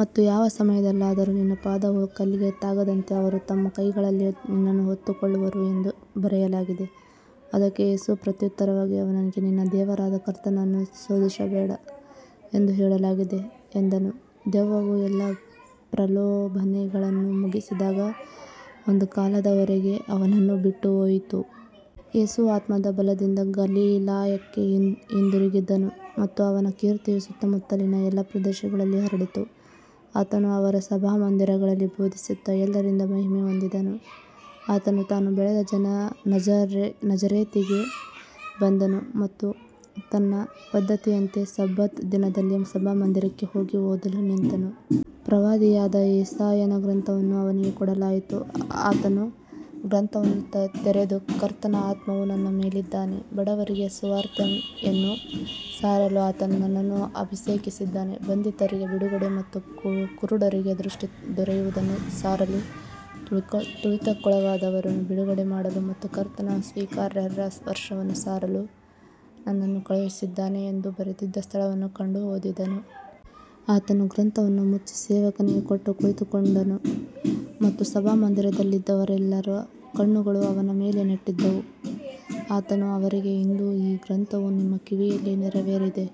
ಮತ್ತು ಯಾವ ಸಮಯದಲ್ಲಾದರೂ ನಿನ್ನ ಪಾದವು ಕಲ್ಲಿಗೆ ತಾಗದಂತೆ ಅವರು ತಮ್ಮ ಕೈಗಳಲ್ಲಿ ನಿನ್ನನ್ನು ಹೊತ್ತುಕೊಳ್ಳುವರು ಎಂದು ಬರೆಯಲಾಗಿದೆ. ಅದಕ್ಕೆ ಯೇಸು ಪ್ರತ್ಯುತ್ತರವಾಗಿ ಅವನಿಗೆ, ನಿನ್ನ ದೇವರಾದ ಕರ್ತನನ್ನು ಶೋಧಿಸಬೇಡ ಎಂದು ಹೇಳಲಾಗಿದೆ ಎಂದನು. ದೆವ್ವವು ಎಲ್ಲಾ ಪ್ರಲೋಭನೆಗಳನ್ನು ಮುಗಿಸಿದಾಗ ಒಂದು ಕಾಲದವರೆಗೆ ಅವನನ್ನು ಬಿಟ್ಟುಹೋಯಿತು. ಯೇಸು ಆತ್ಮದ ಬಲದಿಂದ ಗಲಿಲಾಯಕ್ಕೆ ಹಿಂದಿರುಗಿದನು ಮತ್ತು ಅವನ ಕೀರ್ತಿಯು ಸುತ್ತಮುತ್ತಲಿನ ಎಲ್ಲಾ ಪ್ರದೇಶಗಳಲ್ಲಿ ಹರಡಿತು. ಆತನು ಅವರ ಸಭಾಮಂದಿರಗಳಲ್ಲಿ ಬೋಧಿಸುತ್ತಾ ಎಲ್ಲರಿಂದ ಮಹಿಮೆ ಹೊಂದಿದನು. ಆತನು ತಾನು ಬೆಳೆದ ನಜರೇತಿಗೆ ಬಂದನು ಮತ್ತು ತನ್ನ ಪದ್ಧತಿಯಂತೆ ಸಬ್ಬತ್ ದಿನದಲ್ಲಿ ಸಭಾಮಂದಿರಕ್ಕೆ ಹೋಗಿ ಓದಲು ನಿಂತನು. ಪ್ರವಾದಿಯಾದ ಯೆಶಾಯನ ಗ್ರಂಥವನ್ನು ಅವನಿಗೆ ಕೊಡಲಾಯಿತು. ಆತನು ಗ್ರಂಥವನ್ನು ತೆರೆದು, ಕರ್ತನ ಆತ್ಮವು ನನ್ನ ಮೇಲಿದ್ದಾನೆ, ಬಡವರಿಗೆ ಸುವಾರ್ತೆಯನ್ನು ಸಾರಲು ಆತನು ನನ್ನನ್ನು ಅಭಿಷೇಕಿಸಿದ್ದಾನೆ, ಬಂಧಿತರಿಗೆ ಬಿಡುಗಡೆ ಮತ್ತು ಕುರುಡರಿಗೆ ದೃಷ್ಟಿ ದೊರೆಯುವುದನ್ನು ಸಾರಲು, ತುಳಿತಕ್ಕೊಳಗಾದವರನ್ನು ಬಿಡುಗಡೆಮಾಡಲು ಮತ್ತು ಕರ್ತನ ಸ್ವೀಕಾರಾರ್ಹ ವರ್ಷವನ್ನು ಸಾರಲು ನನ್ನನ್ನು ಕಳುಹಿಸಿದ್ದಾನೆ ಎಂದು ಬರೆದಿದ್ದ ಸ್ಥಳವನ್ನು ಕಂಡು ಓದಿದನು. ಆತನು ಗ್ರಂಥವನ್ನು ಮುಚ್ಚಿ ಸೇವಕನಿಗೆ ಕೊಟ್ಟು ಕುಳಿತುಕೊಂಡನು ಮತ್ತು ಸಭಾಮಂದಿರದಲ್ಲಿದ್ದವರೆಲ್ಲರ ಕಣ್ಣುಗಳು ಅವನ ಮೇಲೆ ನೆಟ್ಟಿದ್ದವು. ಆತನು ಅವರಿಗೆ, ಇಂದು ಈ ಗ್ರಂಥವು ನಿಮ್ಮ ಕಿವಿಯಲ್ಲಿ ನೆರವೇರಿದೆ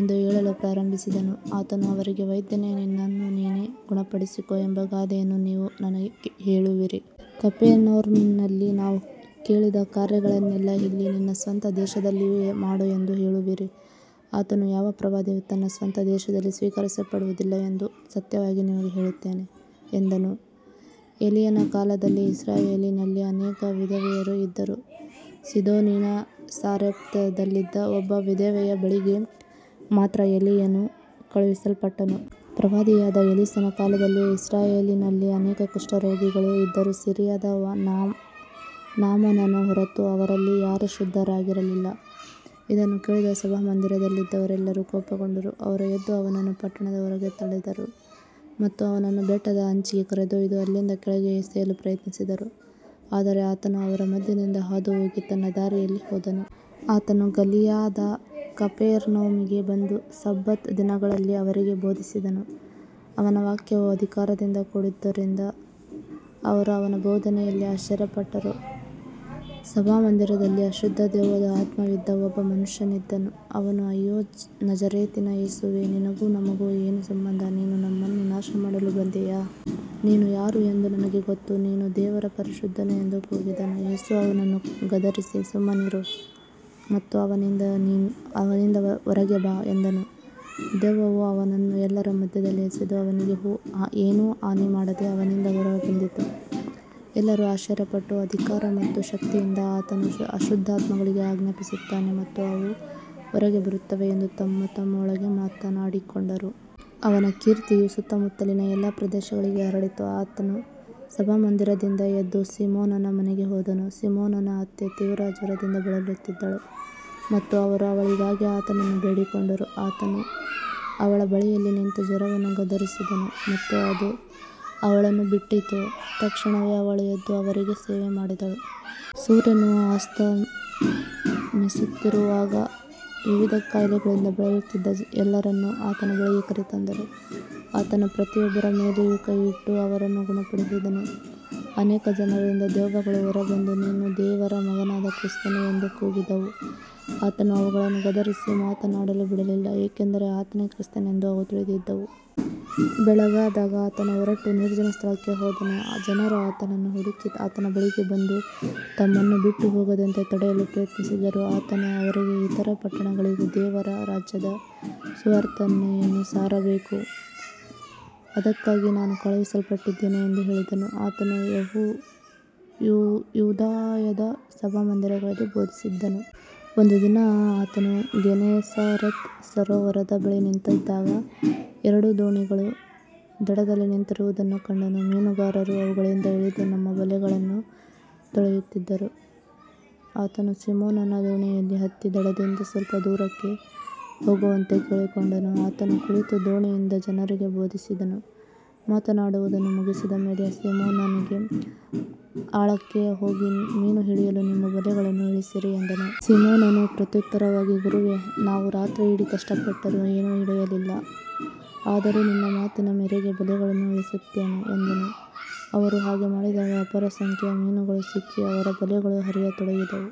ಎಂದು ಹೇಳಲು ಪ್ರಾರಂಭಿಸಿದನು. ಆತನು ಅವರಿಗೆ, ವೈದ್ಯನೇ, ನಿನ್ನನ್ನು ನೀನೇ ಗುಣಪಡಿಸಿಕೋ ಎಂಬ ಗಾದೆಯನ್ನು ನೀವು ನನಗೆ ಹೇಳುವಿರಿ. ಕಪೆರ್ನೌಮಿನಲ್ಲಿ ನಾವು ಕೇಳಿದ ಕಾರ್ಯಗಳನ್ನೆಲ್ಲ ಇಲ್ಲಿ ನಿನ್ನ ಸ್ವಂತ ದೇಶದಲ್ಲಿಯೂ ಮಾಡು ಎಂದು ಹೇಳುವಿರಿ. ಆತನು, ಯಾವ ಪ್ರವಾದಿಯೂ ತನ್ನ ಸ್ವಂತ ದೇಶದಲ್ಲಿ ಸ್ವೀಕರಿಸಲ್ಪಡುವುದಿಲ್ಲ ಎಂದು ಸತ್ಯವಾಗಿ ನಿಮಗೆ ಹೇಳುತ್ತೇನೆ ಎಂದನು. ಎಲೀಯನ ಕಾಲದಲ್ಲಿ ಇಸ್ರಾಯೇಲಿನಲ್ಲಿ ಅನೇಕ ವಿಧವೆಯರು ಇದ್ದರೂ ಸೀದೋನಿನ ಸಾರೆಪ್ತದಲ್ಲಿದ್ದ ಒಬ್ಬ ವಿಧವೆಯ ಬಳಿಗೆ ಮಾತ್ರ ಎಲೀಯನು ಕಳುಹಿಸಲ್ಪಟ್ಟನು. ಪ್ರವಾದಿಯಾದ ಎಲಿಷನ ಕಾಲದಲ್ಲಿ ಇಸ್ರಾಯೇಲಿನಲ್ಲಿ ಅನೇಕ ಕುಷ್ಠರೋಗಿಗಳು ಇದ್ದರೂ ಸಿರಿಯಾದ ನಾಮಾನನ ಹೊರತು ಅವರಲ್ಲಿ ಯಾರೂ ಶುದ್ಧರಾಗಲಿಲ್ಲ. ಇದನ್ನು ಕೇಳಿದ ಸಭಾಮಂದಿರದಲ್ಲಿದ್ದವರೆಲ್ಲರೂ ಕೋಪಗೊಂಡರು. ಅವರು ಎದ್ದು ಅವನನ್ನು ಪಟ್ಟಣದ ಹೊರಗೆ ತಳ್ಳಿದರು ಮತ್ತು ಅವನನ್ನು ಬೆಟ್ಟದ ಅಂಚಿಗೆ ಕರೆದೊಯ್ದು ಅಲ್ಲಿಂದ ಕೆಳಗೆ ಎಸೆಯಲು ಪ್ರಯತ್ನಿಸಿದರು. ಆದರೆ ಆತನು ಅವರ ಮಧ್ಯದಿಂದ ಹಾದುಹೋಗಿ ತನ್ನ ದಾರಿಯಲ್ಲಿ ಹೋದನು. ಆತನು ಗಲಿಲಾಯದ ಕಪೆರ್ನೌಮಿಗೆ ಬಂದು ಸಬ್ಬತ್ ದಿನಗಳಲ್ಲಿ ಅವರಿಗೆ ಬೋಧಿಸಿದನು. ಅವನ ವಾಕ್ಯವು ಅಧಿಕಾರದಿಂದ ಕೂಡಿದ್ದುದರಿಂದ ಅವರು ಅವನ ಬೋಧನೆಯಲ್ಲಿ ಆಶ್ಚರ್ಯಪಟ್ಟರು. ಸಭಾಮಂದಿರದಲ್ಲಿ ಅಶುದ್ಧ ದೆವ್ವದ ಆತ್ಮವಿದ್ದ ಒಬ್ಬ ಮನುಷ್ಯನಿದ್ದನು. ಅವನು, ಅಯ್ಯೋ, ನಜರೇತಿನ ಯೇಸುವೇ, ನಿನಗೂ ನಮಗೂ ಏನು ಸಂಬಂಧ. ನೀನು ನಮ್ಮನ್ನು ನಾಶಮಾಡಲು ಬಂದೆಯಾ. ನೀನು ಯಾರು ಎಂದು ನನಗೆ ಗೊತ್ತು, ನೀನು ದೇವರ ಪರಿಶುದ್ಧನು ಎಂದು ಕೂಗಿದನು. ಯೇಸು ಅವನನ್ನು ಗದರಿಸಿ, ಸುಮ್ಮನಿರು ಮತ್ತು ಅವನಿಂದ ಹೊರಗೆ ಬಾ ಎಂದನು. ದೆವ್ವವು ಅವನನ್ನು ಎಲ್ಲರ ಮಧ್ಯದಲ್ಲಿ ಎಸೆದು ಅವನಿಗೆ ಏನೂ ಹಾನಿಮಾಡದೆ ಅವನಿಂದ ಹೊರಬಂದಿತು. ಎಲ್ಲರೂ ಆಶ್ಚರ್ಯಪಟ್ಟು, ಅಧಿಕಾರ ಮತ್ತು ಶಕ್ತಿಯಿಂದ ಆತನು ಅಶುದ್ಧಾತ್ಮಗಳಿಗೆ ಆಜ್ಞಾಪಿಸುತ್ತಾನೆ ಮತ್ತು ಅವು ಹೊರಗೆ ಬರುತ್ತವೆ ಎಂದು ತಮ್ಮತಮ್ಮೊಳಗೆ ಮಾತನಾಡಿಕೊಂಡರು. ಅವನ ಕೀರ್ತಿಯು ಸುತ್ತಮುತ್ತಲಿನ ಎಲ್ಲಾ ಪ್ರದೇಶಗಳಿಗೆ ಹರಡಿತು. ಆತನು ಸಭಾಮಂದಿರದಿಂದ ಎದ್ದು ಸೀಮೋನನ ಮನೆಗೆ ಹೋದನು. ಸೀಮೋನನ ಅತ್ತೆ ತೀವ್ರ ಜ್ವರದಿಂದ ಬಳಲುತ್ತಿದ್ದಳು ಮತ್ತು ಅವರು ಅವಳಿಗಾಗಿ ಆತನನ್ನು ಬೇಡಿಕೊಂಡರು. ಆತನು ಅವಳ ಬಳಿಯಲ್ಲಿ ನಿಂತು ಜ್ವರವನ್ನು ಗದರಿಸಿದನು ಮತ್ತು ಅದು ಅವಳನ್ನು ಬಿಟ್ಟಿತು. ತಕ್ಷಣವೇ ಅವಳು ಎದ್ದು ಅವರಿಗೆ ಸೇವೆಮಾಡಿದಳು. ಸೂರ್ಯನು ಅಸ್ತಮಿಸುತ್ತಿರುವಾಗ ವಿವಿಧ ಕಾಯಿಲೆಗಳಿಂದ ಬಳಲುತ್ತಿದ್ದ ಎಲ್ಲರನ್ನು ಆತನ ಬಳಿಗೆ ಕರೆತಂದರು. ಆತನು ಪ್ರತಿಯೊಬ್ಬರ ಮೇಲೆಯೂ ಕೈಯಿಟ್ಟು ಅವರನ್ನು ಗುಣಪಡಿಸಿದನು. ಅನೇಕ ಜನರಿಂದ ದೆವ್ವಗಳು ಹೊರಬಂದು, ನೀನು ದೇವರ ಮಗನಾದ ಕ್ರಿಸ್ತನು ಎಂದು ಕೂಗಿದವು. ಆತನು ಅವುಗಳನ್ನು ಗದರಿಸಿ ಮಾತನಾಡಲು ಬಿಡಲಿಲ್ಲ, ಏಕೆಂದರೆ ಆತನೇ ಕ್ರಿಸ್ತನೆಂದು ಅವು ತಿಳಿದಿದ್ದವು. ಬೆಳಗಾದಾಗ ಆತನು ಹೊರಟು ನಿರ್ಜನ ಸ್ಥಳಕ್ಕೆ ಹೋದನು. ಜನರು ಆತನನ್ನು ಹುಡುಕಿ ಆತನ ಬಳಿಗೆ ಬಂದು, ತಮ್ಮನ್ನು ಬಿಟ್ಟುಹೋಗದಂತೆ ತಡೆಯಲು ಪ್ರಯತ್ನಿಸಿದರು. ಆತನು ಅವರಿಗೆ, ಇತರ ಪಟ್ಟಣಗಳಿಗೂ ದೇವರ ರಾಜ್ಯದ ಸುವಾರ್ತೆಯನ್ನು ಸಾರಬೇಕು. ಅದಕ್ಕಾಗಿ ನಾನು ಕಳುಹಿಸಲ್ಪಟ್ಟಿದ್ದೇನೆ ಎಂದು ಹೇಳಿದನು. ಆತನು ಯೂದಾಯದ ಸಭಾಮಂದಿರಗಳಲ್ಲಿ ಬೋಧಿಸುತ್ತಿದ್ದನು. ಒಂದು ದಿನ ಆತನು ಗೆನೆಸರೇತ್ ಸರೋವರದ ಬಳಿ ನಿಂತಿದ್ದಾಗ ಎರಡು ದೋಣಿಗಳು ದಡದಲ್ಲಿ ನಿಂತಿರುವುದನ್ನು ಕಂಡನು. ಮೀನುಗಾರರು ಅವುಗಳಿಂದ ಇಳಿದು ತಮ್ಮ ಬಲೆಗಳನ್ನು ತೊಳೆಯುತ್ತಿದ್ದರು. ಆತನು ಸೀಮೋನನ ದೋಣಿಯಲ್ಲಿ ಹತ್ತಿ ದಡದಿಂದ ಸ್ವಲ್ಪ ದೂರಕ್ಕೆ ಹೋಗುವಂತೆ ಕೇಳಿಕೊಂಡನು. ಆತನು ಕುಳಿತು ದೋಣಿಯಿಂದ ಜನರಿಗೆ ಬೋಧಿಸಿದನು. ಮಾತನಾಡುವುದನ್ನು ಮುಗಿಸಿದ ಮೇಲೆ ಸೀಮೋನನಿಗೆ, ಆಳಕ್ಕೆ ಹೋಗಿ ಮೀನು ಹಿಡಿಯಲು ನಿಮ್ಮ ಬಲೆಗಳನ್ನು ಇಳಿಸಿರಿ ಎಂದನು. ಸೀಮೋನನು ಪ್ರತ್ಯುತ್ತರವಾಗಿ, ಗುರುವೇ, ನಾವು ರಾತ್ರಿಯಿಡೀ ಕಷ್ಟಪಟ್ಟರೂ ಏನೂ ಹಿಡಿಯಲಿಲ್ಲ. ಆದರೂ ನಿನ್ನ ಮಾತಿನ ಮೇರೆಗೆ ಬಲೆಗಳನ್ನು ಇಳಿಸುತ್ತೇನೆ ಎಂದನು. ಅವರು ಹಾಗೆ ಮಾಡಿದಾಗ ಅಪಾರ ಸಂಖ್ಯೆಯ ಮೀನುಗಳು ಸಿಕ್ಕಿ ಅವರ ಬಲೆಗಳು ಹರಿಯತೊಡಗಿದವು.